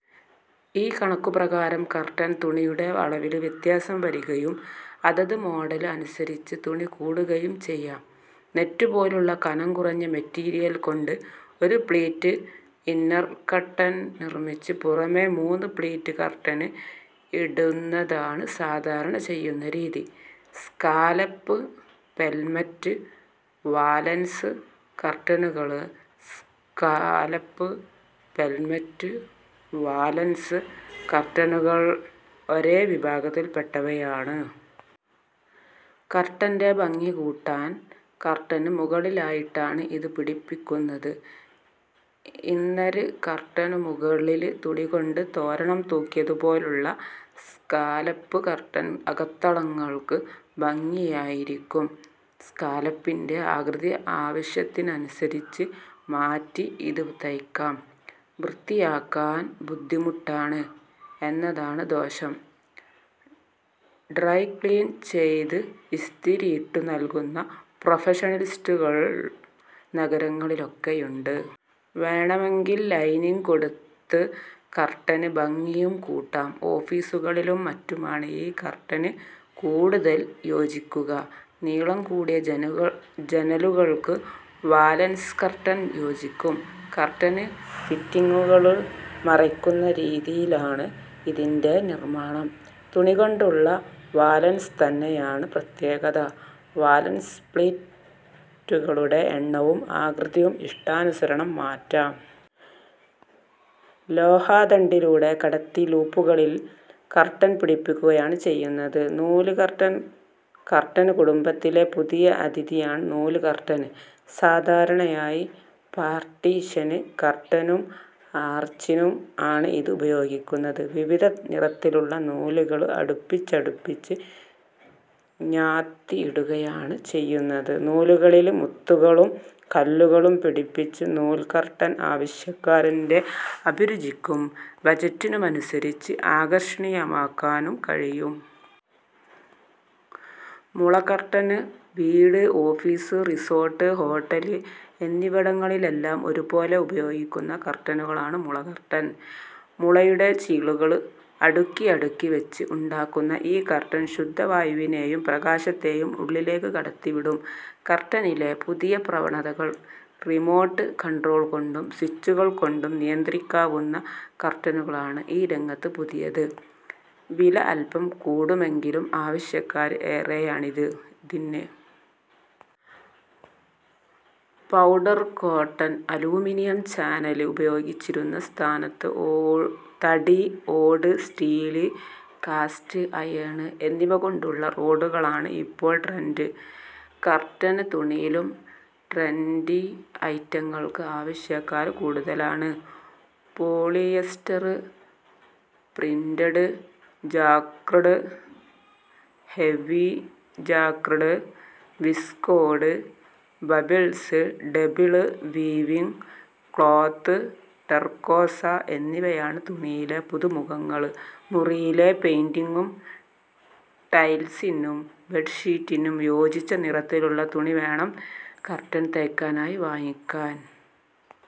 ഈ കണക്കുപ്രകാരം കര്ട്ടന് തുണിയുടെ അളവില് വ്യത്യാസം വരികയും അതത് മോഡല് അനുസരിച്ച് തുണി കൂടുകയും ചെയ്യാം. നെറ്റ് പോലുള്ള കനം കുറഞ്ഞ മെറ്റീരിയല്കൊണ്ട് ഒരു പ്ലീറ്റ് ഇന്നര്കര്ട്ടന് നിര്മിച്ച് പുറമെ മൂന്നു പ്ലീറ്റ് കര്ട്ടന് ഇടുന്നതാണ് സാധാരണ ചെയ്യുന്ന രീതി. സ്കാലപ്പ്, പെല്മറ്റ്, വാലന്സ് കര്ട്ടനുകള് സ്കാലപ്പ്, പെല്മറ്റ്, വാലന്സ് കര്ട്ടനുകള് ഒരേ വിഭാഗത്തില്പ്പെട്ടവയാണ്. കര്ട്ടന്റെ ഭംഗി കൂട്ടാന് കര്ട്ടന് മുകളിലായിട്ടാണ് ഇത് പിടിപ്പിക്കുന്നത്. ഇന്നര് കര്ട്ടനു മുകളില് തുണികൊണ്ട് തോരണം തൂക്കിയതുപോലുളള സ്കാലപ്പ് കര്ട്ടന് അകത്തളങ്ങള്ക്ക് ഭംഗിയായിരിക്കും. സ്കാലപ്പിന്റെ ആകൃതി ആവശ്യത്തിനനുസരിച്ച് മാറ്റി ഇത് തയ്ക്കാം. വൃത്തിയാക്കാന് ബുദ്ധിമുട്ടാണ് എന്നതാണ് ദോഷം. ്രൈഡക്ലീന് ചെയ്ത് ഇസ്തിരിയിട്ടു നല്കുന്ന പ്രൊഫഷണലിസ്റ്റുകള് നഗരങ്ങളിലൊക്കെയുണ്ട്. വേണമെങ്കില് ലൈനിങ് കൊടുത്ത് കര്ട്ടന് ഭംഗിയും കൂട്ടാം. ഓഫീസുകളിലും മറ്റുമാണ് ഈ കര്ട്ടന് കൂടുതല് യോജിക്കുക. നീളം കൂടിയ ജനലുകള്ക്ക് വാലന്സ് കര്ട്ടന് യോജിക്കും. കര്ട്ടന് ഫിറ്റിങ്ങുകള് മറയ്ക്കുന്ന രീതിയിലാണ് ഇതിന്റെ നിര്മാണം. തുണികൊണ്ടുള്ള വാലന്സ് തന്നെയാണ് പ്രത്യേകത. വാലന്സ് പ്ലീറ്റുകളുടെ എണ്ണവും ആകൃതിയും ഇഷ്ടാനുസരണം മാറ്റാം. ലോഹദണ്ഡിലൂടെ കടത്തി ലൂപ്പുകളില് കര്ട്ടന് പിടിപ്പിക്കുകയാണ് ചെയ്യുന്നത്. നൂല് കര്ട്ടന് കര്ട്ടന് കുടുംബത്തിലെ പുതിയ അതിഥിയാണ് നൂല്കര്ട്ടന്. സാധാരണയായി പാര്ട്ടീഷന് കര്ട്ടനും ആര്ച്ചിനും ആണ് ഇത് ഉപയോഗിക്കുന്നത്. വിവിധ നിറത്തിലുള്ള നൂലുകള് അടുപ്പിച്ചടുപ്പിച്ച് ഞാത്തിയിടുകയാണ് ചെയ്യുന്നത്. നൂലുകളില് മുത്തുകളും കല്ലുകളും പിടിപ്പിച്ച് നൂല്കര്ട്ടന് ആവശ്യക്കാരന്റെ അഭിരുചിക്കും ബജറ്റിനുമനുസരിച്ച് ആകര്ഷണീയമാക്കാനും കഴിയും. മുള കര്ട്ടന് വീട്, ഓഫീസ്, റിസോര്ട്ട്, ഹോട്ടല് എന്നിവിടങ്ങളിലെല്ലാം ഒരുപോലെ ഉപയോഗിക്കുന്ന കര്ട്ടനുകളാണ് മുളകര്ട്ടന്. മുളയുടെ ചീളുകള് അടുക്കിയടുക്കി വെച്ച് ഉണ്ടാക്കുന്ന ഈ കര്ട്ടന് ശുദ്ധവായുവിനെയും പ്രകാശത്തെയും ഉള്ളിലേക്ക് കടത്തിവിടും. കര്ട്ടനിലെ പുതിയ പ്രവണതകള് റിമോര്ട്ട് കണ്ട്രോള്കൊണ്ടും സ്വിച്ചുകള്കൊണ്ടും നിയന്ത്രിക്കാവുന്ന കര്ട്ടനുകളാണ് ഈ രംഗത്ത് പുതിയത്. വില അല്പം കൂടുമെങ്കിലും ആവശ്യക്കാര് ഏറെയാണിതിന്. പൗഡര് കോട്ടഡ് അലുമിനിയം ചാനല് ഉപയോഗിച്ചിരുന്ന സ്ഥാനത്ത് തടി, ഓട്, സ്റ്റീല്, കാസ്റ്റ് അയേണ് എന്നിവകൊണ്ടുള്ള റോഡുകളാണ് ഇപ്പോള് ട്രെന്ഡ്. കര്ട്ടന് തുണിയിലും ട്രെന്ഡി ഐറ്റങ്ങള്ക്ക് ആവശ്യക്കാര് കൂടുതലാണ്. Polyester printed, jacquard, heavy jacquards, viscose, bubbles, double weaving cloth, ടെര്കോസ എന്നിവയാണ് തുണിയിലെ പുതുമുഖങ്ങള്. മുറിയിലെ പെയിന്റിനും ടൈല്സിനും ബെഡ്ഷീറ്റിനും യോജിച്ച നിറത്തിലുള്ള തുണി വേണം കര്ട്ടന് തയ്ക്കാനായി വാങ്ങിക്കാന്.